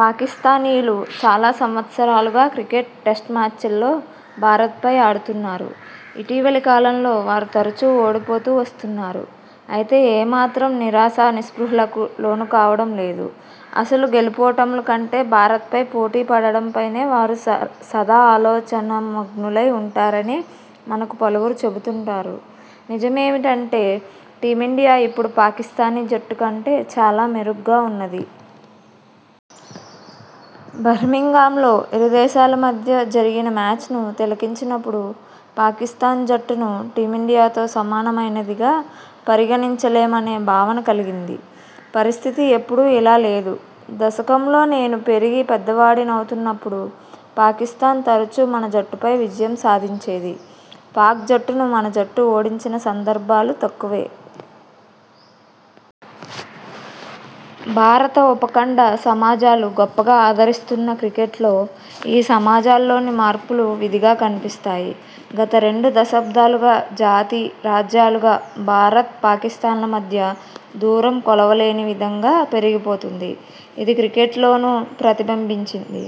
పాకిస్థానీయులు చాలా సంవత్సరాలుగా క్రికెట్ టెస్ట్మ్యాచ్లలో భారత్పై ఆడుతున్నారు. ఇటీవలి కాలంలో వారు తరచూ ఓడిపోతూ వస్తున్నారు. అయితే ఏ మాత్రం నిరాశా నిస్పృహులకు లోనుకావడం లేదు. అసలు గెలుపోటముల కంటే భారత్పై పోటీపడడంపైనే వారు సదా ఆలోచనామగ్నులై వుంటారని మనకు పలువురు చెబుతుంటారు. నిజమేమిటంటే టీమిండియా ఇప్పుడు పాకిస్థానీ జట్టు కంటే చాలా మెరుగ్గా వున్నది. బహినింగాంలో ఇరు దేశాల మధ్య జరిగిన మ్యాచ్ను తిలకించినప్పుడు పాకిస్థాన్ జట్టును టీమిండియాతో సమానమైనదిగా పరిగణించలేమనే భావన కలిగింది. పరిస్థితి ఎప్పుడూ ఇలా లేదు. దశకంలో నేను పెరిగి పెద్దవాడినవుతున్నప్పుడు పాకిస్థాన్ తరచూ మన జట్టుపై విజయం సాధించేది. పాక్జట్టును మన జట్టు ఓడించిన సందర్భాలు తక్కువే. భారత ఉపఖండ సమాజాలు గొప్పగా ఆదరిస్తున్న క్రికెట్లో ఈ సమాజాల్లోని మార్పులు విధిగా కన్పిస్తాయి. గత రెండు దశాబ్దాలుగా జాతి–రాజ్యాలుగా భారత్, పాకిస్థాన్ల మధ్య దూరం కొలవలేని విధంగా పెరిగిపోతోంది. ఇది క్రికెట్లోనూ ప్రతిబింబించింది.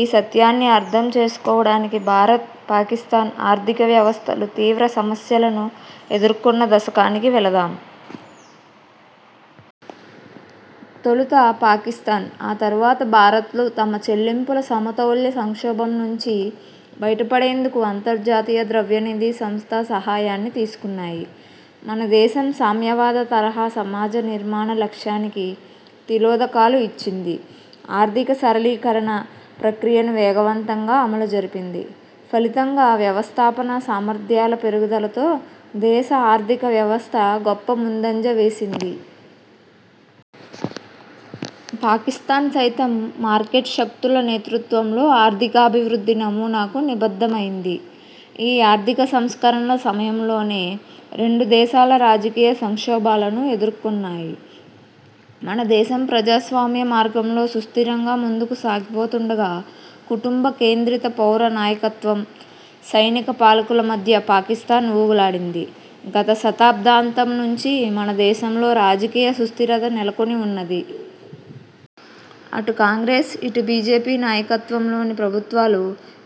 ఈ సత్యాన్ని అర్థం చేసుకోవడానికి భారత్, పాకిస్థాన్ ఆర్థికవ్యవస్థలు తీవ్ర సమస్యలను ఎదుర్కొన్న దశకానికి వెళదాం. తొలుత పాకిస్థాన్, ఆ తరువాత భారత్లు తమ చెల్లింపుల సమతౌల్య సంక్షోభం నుంచి బయటపడేందుకు అంతర్జాతీయ ద్రవ్యనిధి సంస్థ సహాయాన్ని తీసుకున్నాయి. మన దేశం సామ్యవాద తరహా సమాజ నిర్మాణ లక్ష్యానికి తిలోదకాలు ఇచ్చింది. ఆర్థిక సరళీకరణ ప్రక్రియను వేగవంతంగా అమలుజరిపింది. ఫలితంగా వ్యవస్థాపనా సామర్థ్యాల పెరుగుదలతో దేశ ఆర్థిక వ్యవస్థ గొప్ప ముందంజ వేసింది. పాకిస్థాన్ సైతం మార్కెట్ శక్తుల నేతృత్వంలో ఆర్థికాభివృద్ధి నమూనాకు నిబద్ధమయింది. ఈ ఆర్థిక సంస్కరణల సమయంలోనే రెండు దేశాలు రాజకీయ సంక్షోభాలను ఎదుర్కొన్నాయి. మనదేశం ప్రజాస్వామ్య మార్గంలో సుస్థిరంగా ముందుకు సాగిపోతుండగా కుటుంబ కేంద్రిత పౌర నాయకత్వం, సైనిక పాలకుల మధ్య పాకిస్థాన్ ఊగులాడింది. గత శతాబ్దాంతం నుంచి మన దేశంలో రాజకీయ సుస్థిరత నెలకొనివున్నది. అటు కాంగ్రెస్, ఇటు బీజేపీ నాయకత్వంలోని ప్రభుత్వాలు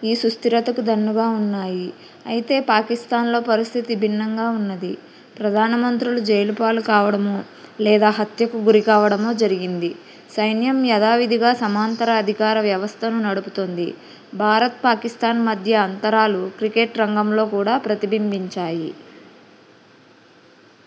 ఈ సుస్థిరతకు దన్నుగా వున్నాయి. అయితే పాకిస్థాన్లో పరిస్థితి భిన్నంగా ఉన్నది. ప్రధానమంత్రులు జైలుపాలు కావడమో లేదా హత్యకు గురికావడమో జరిగింది. సైన్యం యథావిధిగా సమాంతర అధికార వ్యవస్థను నడుపుతోంది. భారత్, పాకిస్థాన్ మధ్య అంతరాలు క్రికెట్ రంగంలో కూడా ప్రతిబింబించాయి.